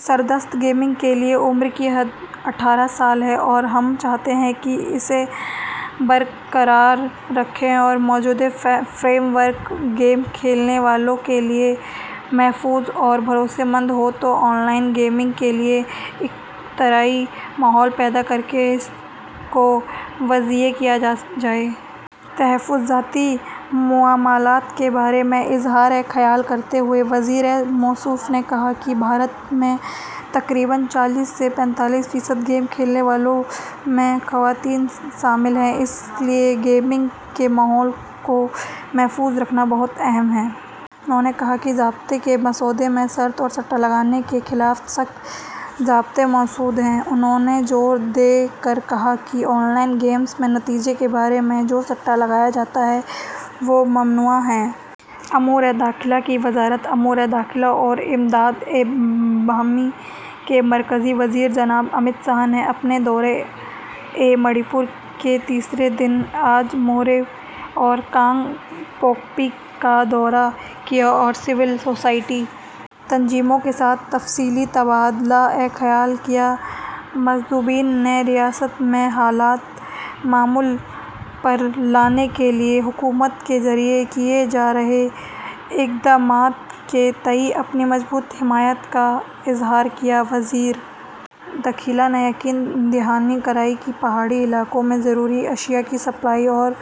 سردست gaming کے لئے عمر کی حد اٹھارہ سال ہے اور ہم چاہتے ہیں کہ اسے برقرار رکھیں اور موجودہ فریم ورک گیم کھیلنے والوں کے لئے محفوظ اور بھروسے مند ہو تو آن لائن گیمنگ کے لئے اختراعی ماحول پید ا کرکے اس کو وسیع کیا جائے۔ تحفظاتی معاملات کے بارے میں اظہار خیال کرتے ہوئے وزیر موصو ف نے کہا کہ بھارت میں تقریباََ چالیس سے پینتالیس فیصد گیم کھیلنے والو ں میں خواتین شامل ہیں اس لئے گیمنگ کے ماحول کو محفوظ رکھنا بہت اہم ہے۔ انہوں نے کہا کہ ضابطے کے مسودے میں شرط اور سٹہ لگانے کے خلاف سخت ضابطے موجود ہیں۔ انہوں نے زور دے کر کہا کہ آن لائن گیمس میں نتیجے کے بارے میں جو سٹہ لگایا جاتا ہے وہ ممنوعہ ہے۔ امور داخلہ کی وزارت امورِ داخلہ اور امدادِ باہمی کے مرکزی وزیر جناب امت شاہ نے اپنے دورۂ منی پور کے تیسرے دن آج موریھ اور کانگ پوکپی کا دورہ کیااور سول سوسائٹی تنظیموں کے ساتھ تفصیلی تبادلہ خیال کیا مندوبین نے ریاست میں حالات معمول پر لانے کے لیے حکومت کے ذریعہ کیے جا رہے اقدامات کے تئیں اپنی مضبوط حمایت کا اظہار کیا وزیر داخلہ نے یقین دہانی کرائی کہ پہاڑی علاقوں میں ضروری اشیاء کی سپلائی اور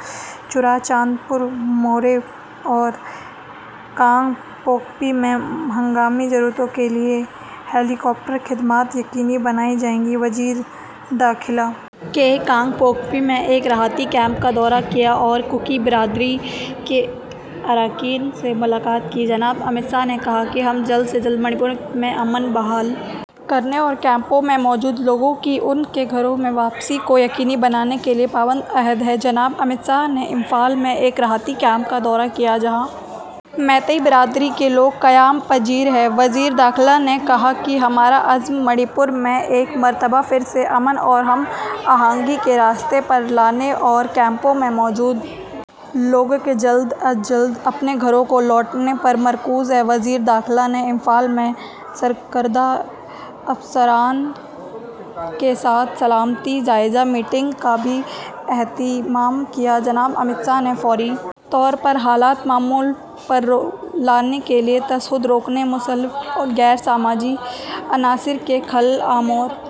چوڑاچاندپور، موریھ اور کانگ پوکپی میں ہنگامی ضرورتوں کے لیے ہیلی کاپٹر خدمات یقینی بنائی جائیں گی وزیر داخلہ نے کانگ پوکپی میں ایک راحتی کیمپ کا دورہ کیا اور کوکی برادری کے اراکین سے ملاقات کی، جناب امت شاہ نے کہا کہ ہم جلد سے جلد منی پور میں امن بحال کرنے اور کیمپوں میں موجود لوگوں کی ان کے گھروں میں واپسی کو یقینی بنانے کے لیے پابند عہد ہیں جناب امت شاہ نے امپھال میں ایک راحتی کیمپ کا دورہ کیا جہاں میتئی برادری کے لوگ قیام پذیر ہیں، وزیر داخلہ نے کہا کہ ہمارا عزم منی پور کو ایک مرتبہ پھر سے امن اور ہم آہنگی کے راستے پر لانے اور کیمپوں میں موجود لوگوں کے جلد از جلد اپنے گھروں کو لوٹنے پر مرتکز ہے وزیر داخلہ نے امپھال میں سرکردہ افسران کے ساتھ سلامتی جائزہ میٹنگ کا بھی اہتمام کیا، جناب امت شاہ نے فوری طور پر حالات معمول پر لانے کے لیے تشدد روکنے، مسلح غیر سماجی عناصر کے خل امورِ